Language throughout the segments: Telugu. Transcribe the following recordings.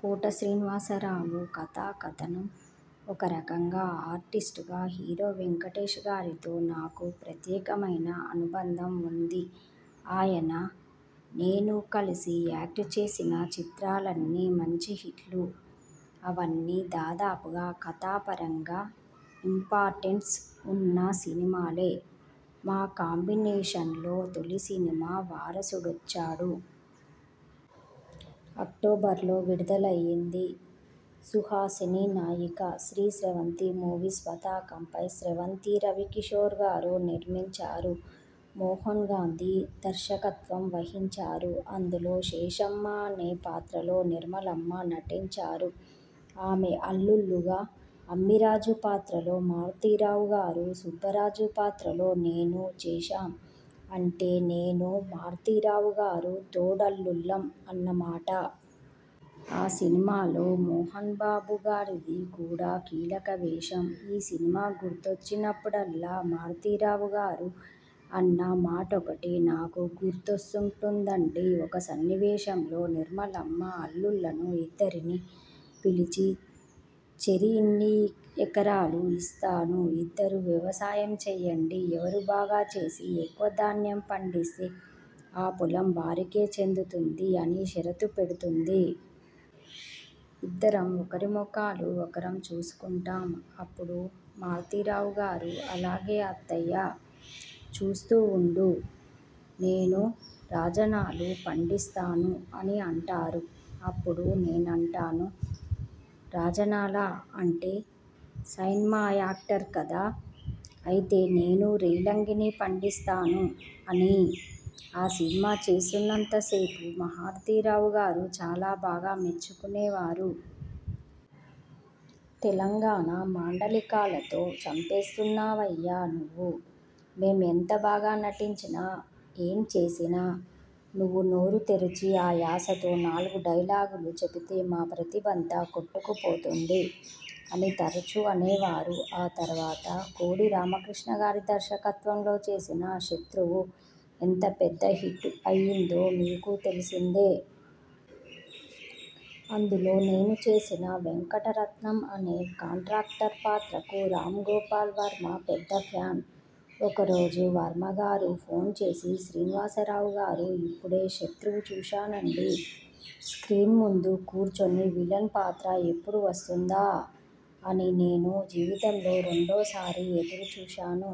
కోట శ్రీనివాసరావు కథాకథనం ఒక రకంగా ఆర్టిస్ట్ గా హీరో వెంకటేష్ గారితో నాకు ప్రత్యేకమైన అనుబంధం ఉంది. ఆయన, నేను కలిసి యాక్ట్ చేసిన చిత్రాలన్నీ మంచి హిట్లు. అవన్నీ దాదాపుగా కథా పరంగా ఇంపార్టెన్స్ ఉన్న సినిమాలే. మా కాంబినేషన్లో తొలి సినిమా 'వారసుడొచ్చాడు'. అక్టోబర్లో విడుదలైంది. సుహాసిని నాయిక. శ్రీ స్రవంతి మూవీస్ పతాకంపై స్రవంతి రవికిశోర్గారు నిర్మించారు. మోహన్ గాంధీ దర్శకత్వం వహించారు. అందులో శేషమ్మ అనే పాత్రలో నిర్మలమ్మ నటించారు. ఆమె అల్లుళ్లుగా అమ్మిరాజు పాత్రలో మారుతిరావుగారు, సుబ్బరాజు పాత్రలో నేనూ చేశాం. అంటే నేనూ మారుతిరావుగారు తోడల్లుళ్లం అన్నమాట. ఆ సినిమాలో మోహన్బాబు గారిది కూడా కీలక వేషం. ఈ సినిమా గుర్తొచ్చినప్పుడల్లా మారుతిరావుగారు అన్న మాటొకటి నాకు గుర్తొస్తుంటుందండీ ఒక సన్నివేశంలో నిర్మలమ్మ అల్లుళ్లను ఇద్దరినీ పిలిచి'చెరి ఇన్ని ఎకరాలు ఇస్తాను. ఇద్దరూ వ్యవసాయం చేయండి ఎవరు బాగా చేసి ఎక్కువ ధాన్యం పండిస్తే ఆ పొలం వారికే చెందుతుంది' అని షరతు పెడుతుంది. ఇద్దరం ఒకరి ముఖాలు ఒకరం చూసుకుంటాం. అప్పుడు మారుతిరావుగారు 'అలాగే అత్తయ్యా. చూస్తూ ఉండు.. నేను 'రాజనాలు' పండిస్తాను' అని అంటారు. అప్పుడు నేనంటానూ.. 'రాజనాలా అంటే సైన్మా యాక్టర్ కదా అయితే నేను రేలంగిని పండిస్తాను' అని. ఆ సినిమా చేస్తున్నంత సేపు మారుతిరావుగారు చాలా బాగా మెచ్చుకునేవారు. 'తెలంగాణ మాండలికాలతో చంపేస్తున్నావయ్యా నువ్వు. మేం ఎంత బాగా నటించినా, ఏం చేసినా, నువ్వు నోరు తెరిచి ఆ యాసతో నాలుగు డైలాగులు చెబితే మా ప్రతిభంతా కొట్టుకుపోతుంది' అని తరచూ అనేవారు. ఆ తర్వాత కోడి రామకృష్ణగారి దర్శకత్వంలో చేసిన 'శత్రువు' ఎంత పెద్ద హిట్ అయిందో మీకు తెలిసిందే. అందులో నేను చేసిన వెంకటరత్నం అనే కాంట్రాక్టర్ పాత్రకు రామ్గోపాల్ వర్మ పెద్ద ఫ్యాన్. ఒకరోజు వర్మగారు ఫోన్ చేసి 'శ్రీనివాసరావుగారూ ఇప్పుడే 'శత్రువు' చూశానండీ. స్ర్కీన్ ముందు కూర్చుని విలన్ పాత్ర ఎప్పుడు వస్తుందా? అని నేను జీవితంలో రెండో సారి ఎదురుచూశాను.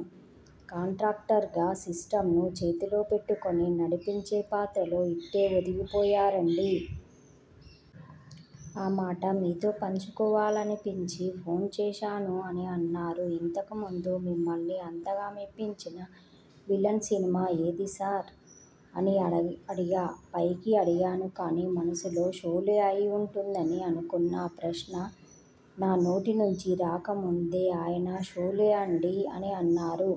కాంట్రాక్టర్గా సిస్టమ్ను చేతిలో పెట్టుకుని నడిపించే పాత్రలో ఇట్టే ఒదిగిపోయారండీ. ఆ మాట మీతో పంచుకోవాలనిపించి ఫోన్ చేశాను' అని అన్నారు. 'ఇంతకు ముందు మిమ్మల్ని అంతగా మెప్పించిన విలన్ సినిమా ఏది సార్? ' అని అడిగా. పైకి అడిగాను కానీ మనసులో 'షోలే' అయి ఉంటుందని అనుకున్నా. ప్రశ్న నా నోటి నుంచి రాకముందే ఆయన 'షోలే అండీ' అని అన్నారు.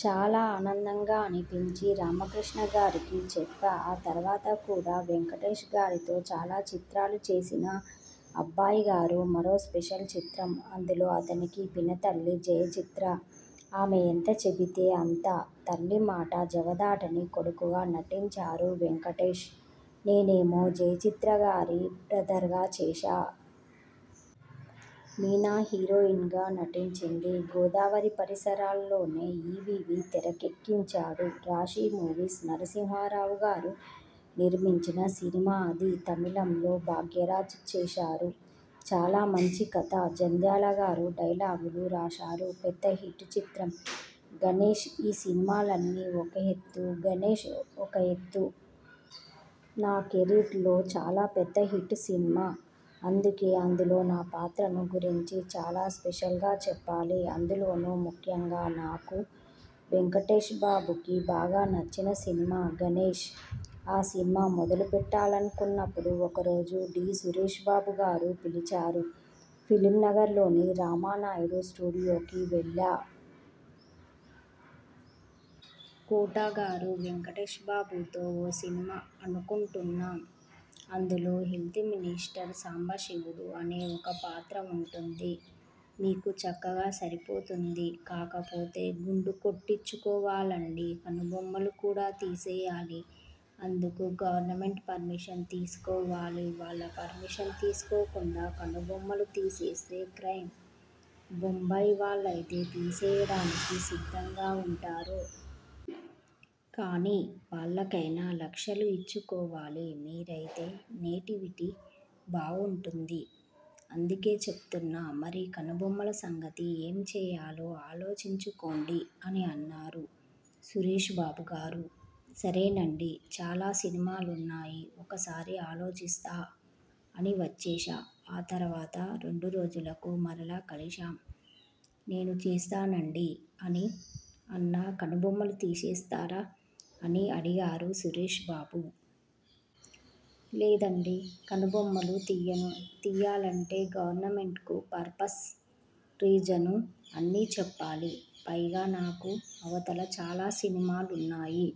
చాలా ఆనందంగా అనిపించి రామకృష్ణగారికి చెప్పా. ఆ తర్వాత కూడా వెంకటేశ్గారితో చాలా చిత్రాలు చేసినా 'అబ్బాయిగారు' మరో స్పెషల్ చిత్రం. అందులో అతనికి పినతల్లి జయచిత్ర. ఆమె ఎంత చెబితే అంత. తల్లిమాట జవదాటని కొడుకుగా నటించారు వెంకటేశ్. నేనేమో జయచిత్రగారి బ్రదర్గా చేశా. మీనా హీరోయిన్గా నటించింది. గోదావరి పరిసరాల్లోనే ఈవీవీ తెరకెక్కించాడు. రాశీ మూవీస్ నరసింహారావు గారు నిర్మించిన సినిమా అది. తమిళంలో భాగ్యరాజ్ చేశారు. చాలా మంచి కథ. జంధ్యాల గారు డైలాగులు రాశారు. పెద్ద హిట్ చిత్రం గణేష్ఈ సినిమాలన్నీ ఒక ఎత్తు 'గణేశ్' ఒక ఎత్తు. నా కెరీర్లో చాలా పెద్ద హిట్ సినిమా. అందుకే అందులో నా పాత్రను గురించి చాలా స్పెషల్గా చెప్పాలి. అందులోనూ ముఖ్యంగా నాకు, వెంకటేశ్బాబుకి బాగా నచ్చిన సినిమా 'గణేశ్'. ఆ సినిమా మొదలు పెట్టాలనుకున్నప్పుడు ఒకరోజు డి. సురేశ్బాబుగారు పిలిచారు. ఫిల్మ్ నగర్ లోని రామానాయుడు స్టూడియోకి వెళ్లా. 'కోటగారూ వెంకటేశ్బాబుతో ఓ సినిమా అనుకుంటున్నాం. అందులో హెల్త్ మినిస్టర్ సాంబశివుడు అని ఒక పాత్ర ఉంటుంది. మీకు చక్కగా సరిపోతుంది. కాకపోతే గుండు కొట్టించుకోవాలండీ.. కనుబొమ్మలు కూడా తీసేయాలి. అందుకు గవర్నమెంట్ పర్మిషన్ తీసుకోవాలి. వాళ్ల పర్మిషన్ తీసుకోకుండా కనుబొమ్మలు తీసేస్తే క్రైమ్. బొంబాయి వాళ్లయితే తీసేయడానికి సిద్ధంగా ఉంటారు. కానీ వాళ్లకైనా లక్షలు ఇచ్చుకోవాలి. మీరైతే నేటివిటీ బావుంటుంది. అందుకే చెప్తున్నా. మరి కనుబొమ్మల సంగతి ఏం చేయాలో ఆలోచించుకోండి' అని అన్నారు సురేశ్బాబుగారు. 'సరేనండీ. చాలా సినిమాలున్నాయి. ఒక్కసారి ఆలోచిస్తా' అని వచ్చేశా. ఆ తర్వాత రెండు రోజులకు మరలా కలిశాం. 'నేను చేస్తానండీ' అని అన్నా 'కనుబొమ్మలు తీసేస్తారా' అని అడిగారు సురేశ్బాబు. 'లేదండీ. కనుబొమ్మలు తీయను. తీయాలంటే గవర్నమెంట్కు పర్పస్, రీజనూ అన్నీ చెప్పాలి. పైగా నాకు అవతల చాలా సినిమాలున్నాయి.